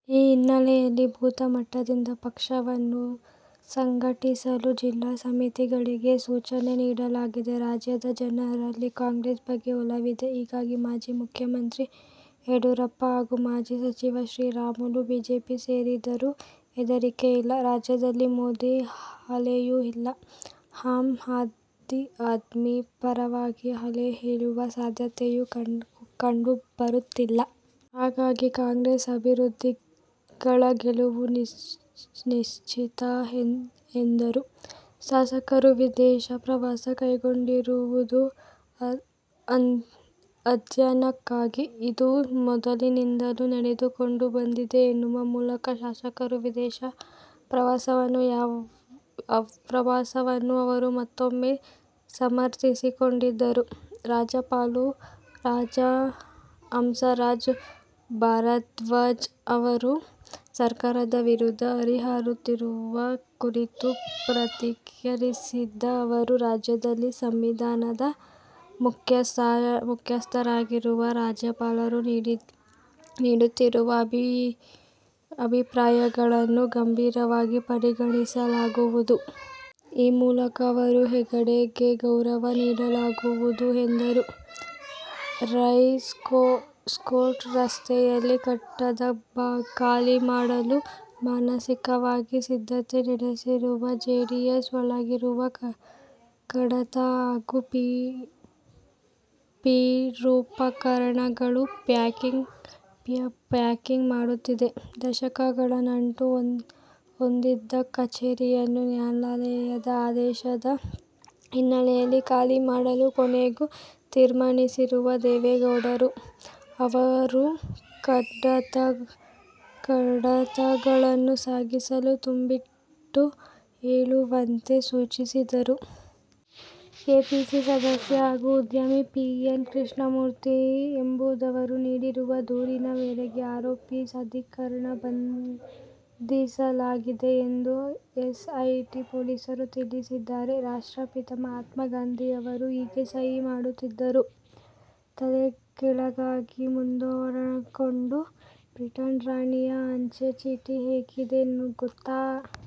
ಈ ಹಿನ್ನೆಲೆಯಲ್ಲಿ ಬೂತ್ ಮಟ್ಟದಿಂದ ಪಕ್ಷವನ್ನು ಸಂಘಟಿಸಲು ಜಿಲ್ಲಾ ಸಮಿತಿಗಳಿಗೆ ಸೂಚನೆ ನೀಡಲಾಗಿದೆ. ರಾಜ್ಯದ ಜನರಲ್ಲಿ ಕಾಂಗ್ರೆಸ್ ಬಗ್ಗೆ ಒಲವಿದೆ. ಹಾಗಾಗಿ, ಮಾಜಿ ಮುಖ್ಯಮಂತ್ರಿ ಯಡಿಯೂರಪ್ಪ ಹಾಗೂ ಮಾಜಿ ಸಚಿವ ಶ್ರೀರಾಮುಲು ಬಿಜೆಪಿ ಸೇರಿದರೂ ಹೆದರಿಕೆಯಿಲ್ಲ. ರಾಜ್ಯದಲ್ಲಿ ಮೋದಿ ಅಲೆಯೂ ಇಲ್ಲ, ಆಮ್ ಆದ್ಮಿ ಪರವಾಗಿ ಅಲೆ ಏಳುವ ಸಾಧ್ಯತೆಯೂ ಕಂಡು ಬರುತ್ತಿಲ್ಲ. ಹಾಗಾಗಿ, ಕಾಂಗ್ರೆಸ್ ಅಭ್ಯರ್ಥಿಗಳ ಗೆಲುವು ನಿಶ್ಚಿತ ಎಂದರು. ಶಾಸಕರು ವಿದೇಶ ಪ್ರವಾಸ ಕೈಗೊಂಡಿರುವುದು ಅಧ್ಯಯನಕ್ಕಾಗಿ. ಇದು ಮೊದಲಿನಿಂದಲೂ ನಡೆದುಕೊಂಡು ಬಂದಿದೆ ಎನ್ನುವ ಮೂಲಕ ಶಾಸಕರ ವಿದೇಶ ಪ್ರವಾಸವನ್ನು ಅವರು ಮತ್ತೂಮ್ಮೆ ಸಮರ್ಥಿಸಿಕೊಂಡರು. ರಾಜ್ಯಪಾಲ ಹಂಸರಾಜ್ ಭಾರಧ್ವಾಜ್ ಅವರು ಸರ್ಕಾರದ ವಿರುದ್ಧ ಹರಿಹಾಯುತ್ತಿರುವ ಕುರಿತು ಪ್ರತಿಕ್ರಿಯಿಸಿದ ಅವರು, ರಾಜ್ಯದಲ್ಲಿ ಸಂವಿಧಾನದ ಮುಖ್ಯಸ್ಥರಾಗಿರುವ ರಾಜ್ಯಪಾಲರು ನೀಡುತ್ತಿರುವ ಅಭಿಪ್ರಾಯಗಳನ್ನು ಗಂಭೀರವಾಗಿ ಪರಿಗಣಿಸಲಾಗುವುದು. ಆ ಮೂಲಕ ಅವರ ಹುದ್ದೆಗೆ ಗೌರವ ನೀಡಲಾಗುವುದು ಎಂದರು. ರೇಸ್ಕೋರ್ಸ್ ರಸ್ತೆಯಲ್ಲಿರುವ ಕಟ್ಟಡ ಖಾಲಿ ಮಾಡಲು ಮಾನಸಿಕವಾಗಿ ಸಿದ್ಧತೆ ನಡೆಸಿರುವ ಜೆಡಿಎಸ್ ಒಳಗಿರುವ ಕಡತ ಹಾಗೂ ಪೀಠೊಪಕರಣಗಳ "ಪ್ಯಾಕಿಂಗ್' ಮಾಡುತ್ತಿದೆ. ದಶಕಗಳ ನಂಟು ಹೊಂದಿದ್ದ ಕಚೇರಿಯನ್ನು ನ್ಯಾಯಾಲಯದ ಆದೇಶದ ಹಿನ್ನೆಲೆಯಲ್ಲಿ ಖಾಲಿ ಮಾಡಲು ಕೊನೆಗೂ ತೀರ್ಮಾನಿಸಿರುವ ದೇವೇಗೌಡರು, ಅಲ್ಲಿರುವ ಕಡತಗಳನ್ನು ಸಾಗಿಸಲು ತುಂಬಿಟ್ಟು ಕೊಳ್ಳುವಂತೆ ಸೂಚಿಸಿದ್ದಾರೆ. ಕೆಪಿಸಿಸಿ ಸದಸ್ಯ ಹಾಗೂ ಉದ್ಯಮಿ ಪಿ. ಎನ್. ಕೃಷ್ಣಮೂರ್ತಿ ಎಂಬುವರು ನೀಡಿರುವ ದೂರಿನ ಮೇರೆಗೆ ಆರೋಪಿ ಸಾದಿಕ್ನನ್ನು ಬಂಧಿಸಲಾಗಿದೆ ಎಂದು ಎಸ್ಐಟಿ ಪೊಲೀಸರು ತಿಳಿಸಿದ್ದಾರೆ. ರಾಷ್ಟ್ರಪಿತ ಮಹಾತ್ಮ ಗಾಂಧಿ ಅವರು ಹೇಗೆ ಸಹಿ ಮಾಡುತ್ತಿದ್ದರು? ತಲೆಕೆಳಗಾಗಿ ಮುದ್ರಣಗೊಂಡ ಬ್ರಿಟನ್ ರಾಣಿಯ ಅಂಚೆ ಚೀಟಿ ಹೇಗಿದೆ ಗೊತ್ತಾ?